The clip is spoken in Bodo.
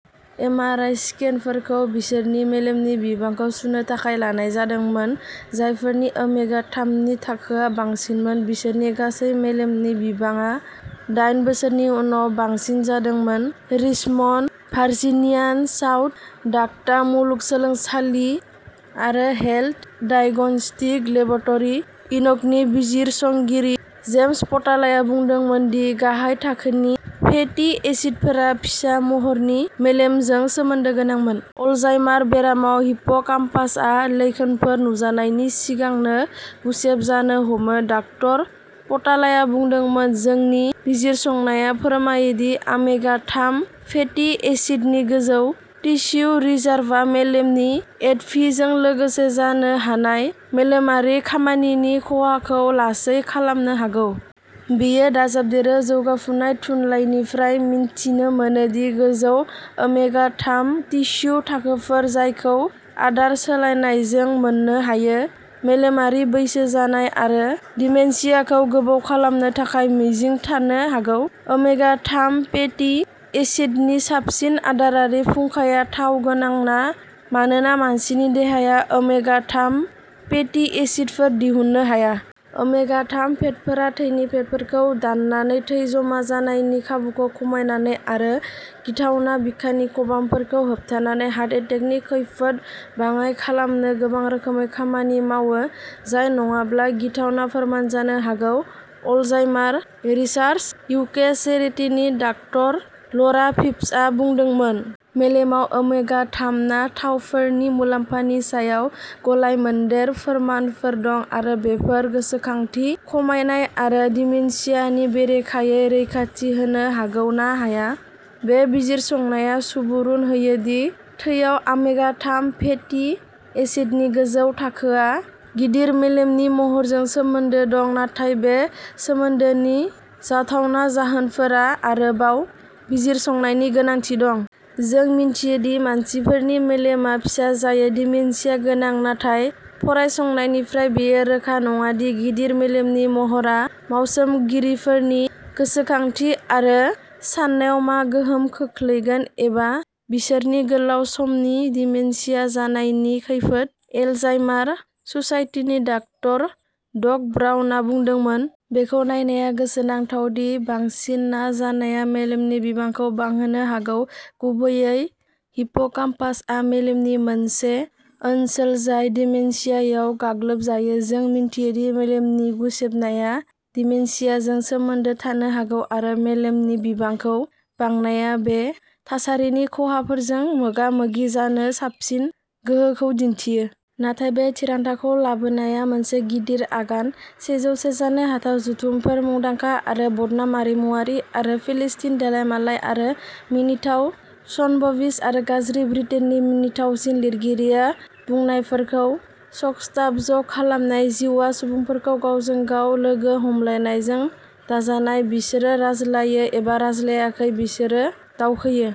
एम. आर. आइ. स्केनफोरखौ बिसोरनि मेलेमनि बिबांखौ सुनो थाखाय लानाय जादोंमोन। जायफोरनि ओमेगा-थामनि थाखोआ बांसिनमोन। बिसोरनि गासै मेलेमनि बिबांआ दाइन बोसोरनि उनाव बांसिन जादोंमोन। रिचमन्ड भारजिनियानि साउथ डाक'टा मुलुगसोलोंसालि आरो हेल्थ डायग्नोस्टिक लेब'रट'रि इनकनि बिजिरसंगिरि जेम्स पटालाया बुंदोंमोन दि गाहाय थाखोनि फेटि एसिडफोरा फिसा महरनि मेलेमजों सोमोन्दो गोनांमोन। अलजाइमार बेरामाव हिप्पोकामपासआ लैखोनफोर नुजानायनि सिगांनो गुसेब जानो हमो। डक्टर पटालाया बुंदोंमोन। जोंनि बिजिरसंनाया फोरमायो दि ओमेगा-थाम फेटि एसिडनि गोजौ टिस्यु रिजारभआ मेलेमनि एट'फिजों लोगोसे जानो हानाय मेलेमारि खामानिनि खहाखौ लासै खालामनो हागौ। बेयो दाजाबदेरो जौगाफुनाय थुनलाइनिफ्राय मिथिनो मोनो दि गोजौ ओमेगा-थाम टिस्यु थाखोफोर जायखौ आदार सोलायनायजों मोननो हायो। मेलेमारि बैसो जानाय आरो डिमेनशियाखौ गोबाव खालामनो थाखाय मिजिं थानो हागौ। ओमेगा-थाम फेटि एसिडनि साबसिन आदारारि फुंखाया थाव गोनां ना मानोना मानसिनि देहाया ओमेगा-थाम फेटि एसिडफोर दिहुननो हाया। ओमेगा-थाम फेटफोरा थैनि फेटफोरखौ दाननानै थै जमा जानायनि खाबुखौ खमायनानै आरो गिथावना बिखानि खबामफोरखौ होबथानानै हार्ट एटेकनि खैफोदखौ बाङाइ खालामनो गोबां रोखोमै खामानि मावो। जाय नङाब्ला गिथावना फोरमान जानो हागौ। अलजाइमार रिसार्च इउके चेरिटिनि डक्टर ल'रा फिप्सआ बुंदोंमोन। मेलेमाव ओमेगा-थाम ना थावफोरनि मुलाम्फानि सायाव गलाय मोनदेर फोरमानफोर दं आरो बेफोर गोसोखांथि खमायनाय आरो डिमेनशियानि बेरेखायै रैखाथि होनो हागौ ना हाया। बे बिजिरसंनाया सुबुरुन होयो दि थैयाव ओमेगा-थाम फेटि एसिडनि गोजौ थाखोआ गिदिर मेलेमनि महरजों सोमोन्दो दं नाथाय बे सोमोन्दोनि जाथावना जाहोनफोरा आरोबाव बिजिरसंनायनि गोनांथि दं। जों मिथियो दि मानसिफोरनि मेलेमआ फिसा जायो। डिमेनशिया गोनां नाथाय फरायसंनायनिफ्राय बेयो रोखा नङा दि गिदिर मेलेमनि महरा मावसोमगिरिफोरनि गोसोखांथि आरो साननायाव मा गोहोम खोख्लैगोन एबा बिसोरनि गोलाव समनि डिमेनशिया जानायनि खैफोद। एलजाइमार ससाइटिनि डक्टर डग ब्राउनआ बुंदोंमोन। बेखौ नायनाया गोसोनांथाव दि बांसिन ना जानाया मेलेमनि बिबांखौ बांहोनो हागौ। गुबैयै हिप्पोकाम्पासआव मेलेमनि मोनसे ओनसोल जाय डिमेनशियायाव गाग्लोबजायो। जों मिथियो दि मेलेमनि गुसेबनाया डिमेनशियाजों सोमोन्दो थानो हागौ आरो मेलेमनि बिबांखौ बांनाया बे थासारिनि खहाफोरजों मोगा-मोगि जानो साबसिन गोहोखौ दिन्थियो। नाथाय बे थिरांथाखौ लाबोनाया मोनसे गिदिर आगान। सेजौ से जानो हाथाव जथुमफोर मुंदांखा आरो बदनाम आरिमुआरि आरो फिलिस्टिन देलायमालाय आरो मिनिथाव स्नबबिश आरो गाज्रि ब्रिटेननि मिनिथावसिन लिरगिरिया बुंनायफोरखौ जक्सटाप'ज खालामनाय। जिउआ सुबुंफोरखौ गावजों गाव लोगो हमलायनायजों दाजानाय। बिसोरो रायज्लायो एबा रायज्लायाखै। बिसोरो दावखोयो।